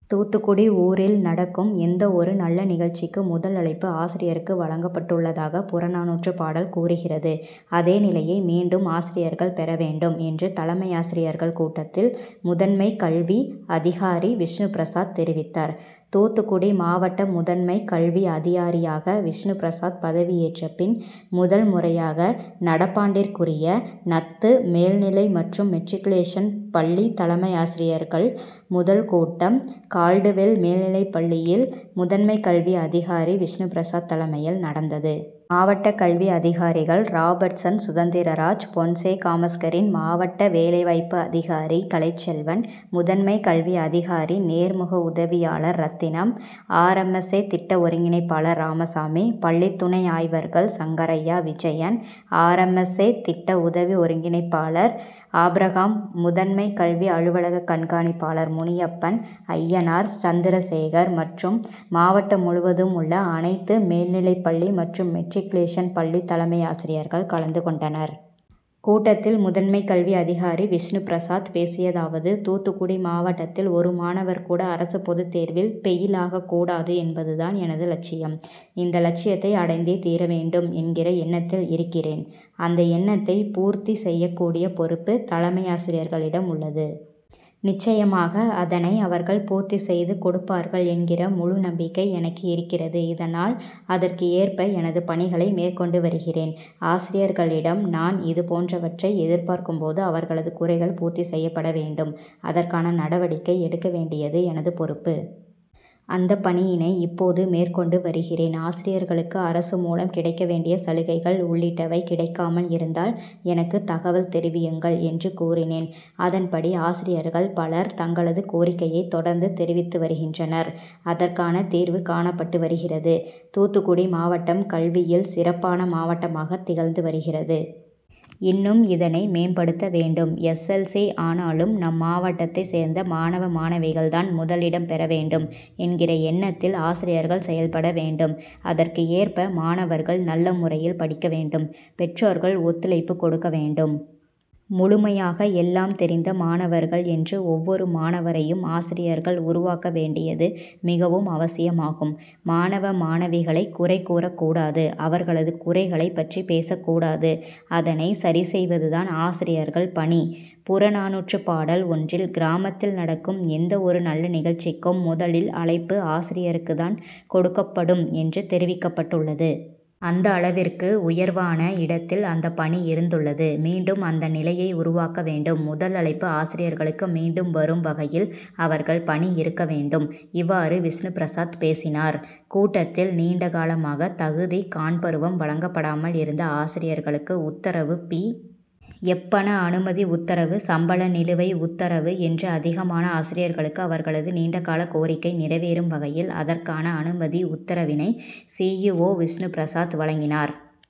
தூத்துக்குடி ஊரில் நடக்கும் எந்த ஒரு நல்ல நிகழ்ச்சிக்கு முதல் அழைப்பு ஆசிரியருக்கு வழங்கப்பட்டுள்ளதாக புறநானுற்று பாடல் கூறுகிறது. அதே நிலையை மீண்டும் ஆசிரியர்கள் பெற வேண்டும் என்று தலைமையாசிரியர்கள் கூட்டத்தில் முதன்மை கல்வி அதிகாரி விஷ்ணுபிரசாத் தெரிவித்தார். தூத்துக்குடி மாவட்ட முதன்மை கல்வி அதியாரியாக விஷ்ணுபிரசாத் பதவி ஏற்ற பின் முதல் முறையாக நடப்பாண்டிற்குரிய னத்து மேல்நிலை மற்றும் மெட்ரிக்குலேஷன் பள்ளி தலைமையாசிரியர்கள் முதல் கூட்டம் கால்டுவெல் மேல்நிலைப் பள்ளியில் முதன்மை கல்வி அதிகாரி விஷ்ணுபிரசாத் தலைமையில் நடந்தது. மாவட்ட கல்வி அதிகாரிகள் ராபர்ட்சன் சுதந்திரராஜ் பொன்சேகாமஸ்கரின் மாவட்ட வேலைவாய்ப்பு அதிகாரி கலைச்செல்வன் முதன்மை கல்வி அதிகாரி நேர்முக உதவியாளர் ரத்தினம் ஆர்எம்எஸ்ஏ திட்ட ஒருங்கிணைப்பாளர் ராமசாமி பள்ளித்துணை ஆய்வர்கள் சங்கரய்யா விஜயன் ஆர்எம்எஸ்ஏ திட்ட உதவி ஒருங்கிணைப்பாளர் ஆபிரகாம் முதன்மை கல்வி அலுவலக கண்காணிப்பாளர் முனியப்பன் அய்யனார் சந்திரசேகர் மற்றும் மாவட்டம் முழுவதும் உள்ள அனைத்து மேல்நிலைப்பள்ளி மற்றும் மெட்ரிக்குலேஷன் பள்ளி தலைமையாசிரியர்கள் கலந்து கொண்டனர். கூட்டத்தில் முதன்மை கல்வி அதிகாரி விஷ்ணுபிரசாத் பேசியதாவது; தூத்துக்குடி மாவட்டத்தில் ஒரு மாணவர் கூட அரசு பொது தேர்வில் பெயில் ஆகக் கூடாது என்பது தான் எனது லட்சியம். இந்த லட்சியத்தை அடைந்தே தீரவேண்டும் என்கிற எண்ணத்தில் இருக்கிறேன். அந்த எண்ணத்தை பூர்த்தி செய்யக் கூடிய பொறுப்பு தலைமையாசிரியர்களிடம் உள்ளது. நிச்சயமாக அதனை அவர்கள் பூர்த்தி செய்து கொடுப்பார்கள் என்கிற முழு நம்பிக்கை எனக்கு இருக்கிறது. இதனால் அதற்கு ஏற்ப எனது பணிகளை மேற்கொண்டு வருகிறேன். ஆசிரியர்களிடம் நான் இதுபோன்றவற்றை எதிர்பார்க்கும் போது அவர்களது குறைகள் பூர்த்தி செய்யப்பட வேண்டும். அதற்கான நடவடிக்கை எடு க்க வேண்டியது எனது பொறுப்பு. அந்த பணியினை இப்போது மேற்கொண்டு வருகிறேன். ஆசிரியர்களுக்கு அரசு மூலம் கிடைக்க வேண்டிய சலுகைகள் உள்ளிட்டவை கிடைக்காமல் இருந்தால் எனக்கு தகவல் தெரிவியுங்கள் என்று கூறினேன். அதன்படி ஆசிரியர்கள் பலர் தங்களது கோரிக்கையை தொடர்ந்து தெரிவித்து வருகின்றனர். அதற்கான தீர்வு காணப்பட்டு வருகிறது. தூத்துக்குடி மாவட்டம் கல்வியில் சிறப்பான மாவட்டமாக திகழ்ந்து வருகிறது. இன்னும் இதனை மேம்படுத்த வேண்டும். எஸ். எல். சி ஆனாலும் நம் மாவட்டத்தை சேர்ந்த மாணவ மாணவிகள் தான் முதலிடம் பெற வேண்டும் என்கிற எண்ணத்தில் ஆசிரியர்கள் செயல்பட வேண்டும். அதற்கு ஏற்ப மாணவர்கள் நல்ல முறையில் படிக்க வேண்டும். பெற்றோர்கள் ஒத்துழைப்பு கொடுக்க வேண்டும். முழுமையாக எல்லாம் தெரிந்த மாணவர்கள் என்று ஒவ்வொரு மாணவரையும் ஆசிரியர்கள் உருவாக்க வேண்டியது மிகவும் அவசியமாகும். மாணவ மாணவிகளை குறை கூறக் கூடாது. அவர்களது குறைகளை பற்றி பேசக் கூடாது. அதனை சரி செய்வது தான் ஆசிரியர்கள் பணி. புறநானூற்று பாடல் ஒன்றில் கிராமத்தில் நடக்கும் எந்த ஒரு நல்ல நிகழ்ச்சிக்கும் முதலில் அழைப்பு ஆசிரியருக்கு தான் கொடுக்கப்படும் என்று தெரிவிக்கப்பட்டுள்ளது. அந்த அள விற்கு உயர்வான இடத்தில் அந்த பணி இருந்துள்ளது. மீண்டும் அந்த நிலையை உருவாக்க வேண்டும். முதல் அழைப்பு ஆசிரியர்களுக்கு மீண்டும் வரும் வகையில் அவர்கள் பணி இருக்க வேண்டும். இவ்வாறு விஷ்ணுபிரசாத் பேசினார். கூட்டத்தில் நீண்ட காலமாக தகுதி காண் பருவம் வழங்கப்படாமல் இருந்த ஆசிரியர்களுக்கு உத்தரவு பி. எப்பண அனுமதி உத்தரவு சம்பள நிலுவை உத்தரவு என்று அதிகமான ஆசிரியர்களுக்கு அவர்களது நீண்ட கால கோரிக்கை நிறைவேறும் வகையில் அதற்கான அனுமதி உத்தரவினை சி. இ. ஓ விஷ்ணுபிரசாத் வழங்கினார்.